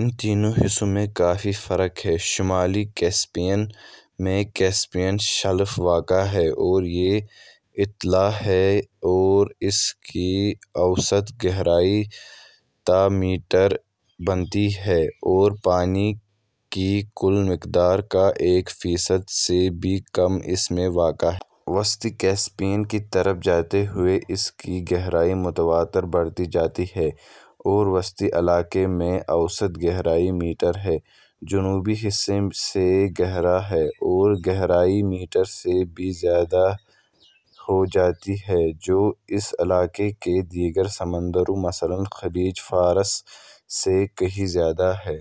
ان تینوں حصوں میں کافی فرق ہے۔ شمالی کیسپیئن میں کیسپیئن شیلف واقع ہے اور یہ اتھلا ہے اور اس کی اوسط گہرائی تا میٹر بنتی ہے اور پانی کی کل مقدار کا ایک فیصد سے بھی کم اس میں واقع ہے۔ وسطی کیسپیئن کی طرف جاتے ہوئے اس کی گہرائی متواتر بڑھتی جاتی ہے اور وسطی علاقے میں اوسط گہرائی میٹر ہے۔ جنوبی حصہ سب سے گہرا ہے اور گہرائی ، میٹر سے بھی زیادہ ہو جاتی ہے جو اس علاقے کے دیگر سمندروں مثلاً خلیج فارس سے کہیں زیادہ ہے۔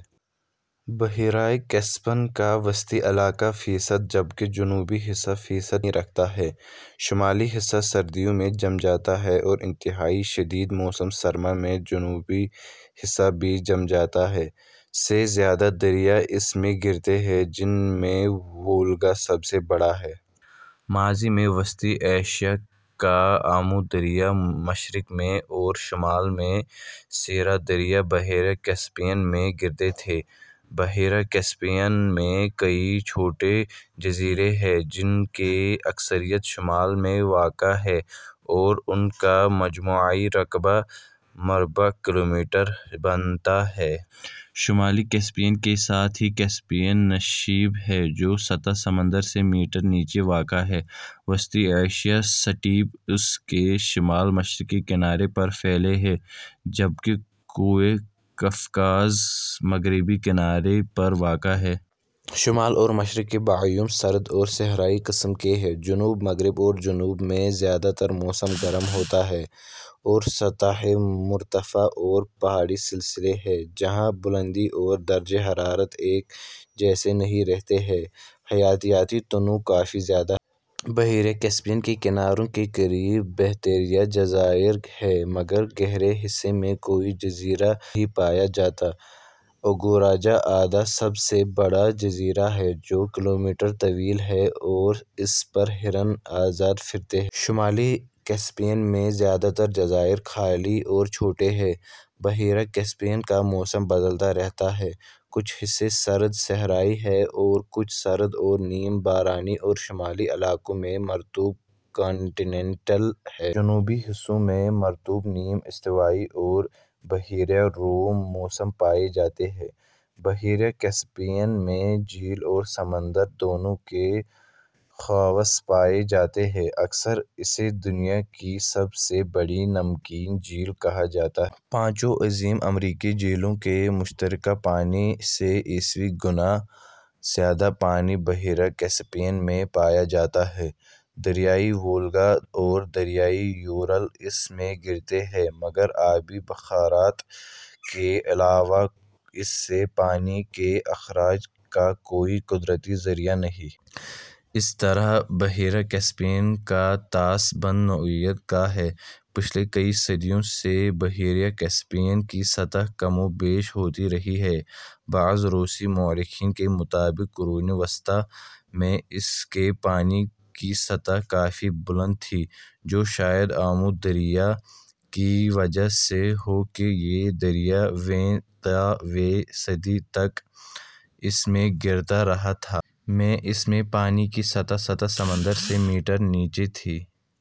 بحیرہ کیسپیئن کا وسطی علاقہ فیصد جبکہ جنوبی حصہ فیصد پانی رکھتا ہے۔ شمالی حصہ سردیوں میں جم جاتا ہے اور انتہائی شدید موسم سرما میں جنوبی حصہ بھی جم جاتا ہے۔ سے زیادہ دریا اس میں گرتے ہیں جن میں وولگا سب سے بڑا ہے۔ ماضی میں وسطی ایشیا کا آمو دریا مشرق میں اور شمال میں سیر دریا بحیرہ کیسپیئن میں گرتے تھے۔ بحیرہ کیسپیئن میں کئی چھوٹے جزیرے ہیں جن کی اکثریت شمال میں واقع ہے اور ان کا مجموعی رقبہ ، مربع کلومیٹر بنتا ہے۔ شمالی کیسپیئن کے ساتھ ہی کیسپیئن نشیب ہے جو سطح سمندر سے میٹر نیچے واقع ہے۔ وسطی ایشیائی سٹیپ اس کے شمال مشرقی کنارے پر پھیلے ہیں جبکہ کوہ قفقاز مغربی کنارے پر واقع ہے۔ شمال اور مشرق کے بائیوم سرد اور صحرائی قسم کے ہیں۔ جنوب مغرب اور جنوب میں زیادہ تر موسم گرم ہوتا ہے اور سطح مرتفع اور پہاڑی سلسلے ہیں جہاں بلندی اور درجہ حرارت ایک جیسا نہیں رہتا اور حیاتیاتی تنوع کافی زیادہ ہے۔ بحیرہ کیسیپیئن کے کناروں کے قریب بہتیرے جزائر ہیں مگر گہرے حصے میں کوئی جزیرہ نہیں پایا جاتا۔ اگورجا ادا سب سے بڑا جزیرہ ہے جو کلومیٹر طویل ہے اور اس پر ہرن آزاد پھرتے ہیں۔ شمالی کیسیپئن میں زیادہ تر جزائر خالی اور چھوٹے ہیں۔ بحیرہ کیسپیئن کا موسم بدلتا رہتا ہے۔ کچھ حصے سرد صحرائی ہیں تو کچھ سرد اور نیم بارانی اور شمالی علاقوں میں مرطوب کانٹیننٹل ہے۔ جنوبی حصوں میں مرطوب نیم استوائی اور بحیرہ روم موسم پائے جاتے ہیں۔ بحیرہ کیسپیئن میں جھیل اور سمندر، دونوں کے خواص پائے جاتے ہیں۔ اکثر اسے دنیا کی سب سے بڑی نمکین جھیل کہا جاتا ہے۔ پانچوں عظیم امریکی جھیلوں کے مشترکہ پانی سے ء گنا زیادہ پانی بحیرہ کیسپیئن میں پایا جاتا ہے۔ دریائے وولگا اور دریائے یورال اس میں گرتے ہیں مگر آبی بخارات کے علاوہ اس سے پانی کے اخراج کا کوئی قدرتی ذریعہ نہیں۔ اس طرح بحیرہ کیسپیئن کا طاس بند نوعیت کا ہے۔ پچھلی کئی صدیوں سے بحیرہ کیسپیئن کی سطح کم و بیش ہوتی رہی ہے۔ بعض روسی مؤرخین کے مطابق قرونِ وسطیٰ میں اس کے پانی کی سطح کافی بلند تھی جو شاید آمو دریا کی وجہ سے ہو کہ یہ دریا ویں تا ویں صدی تک اس میں گرتا رہا تھا۔ میں اس میں پانی کی سطح سطح سمندر سے میٹر نیچے تھی۔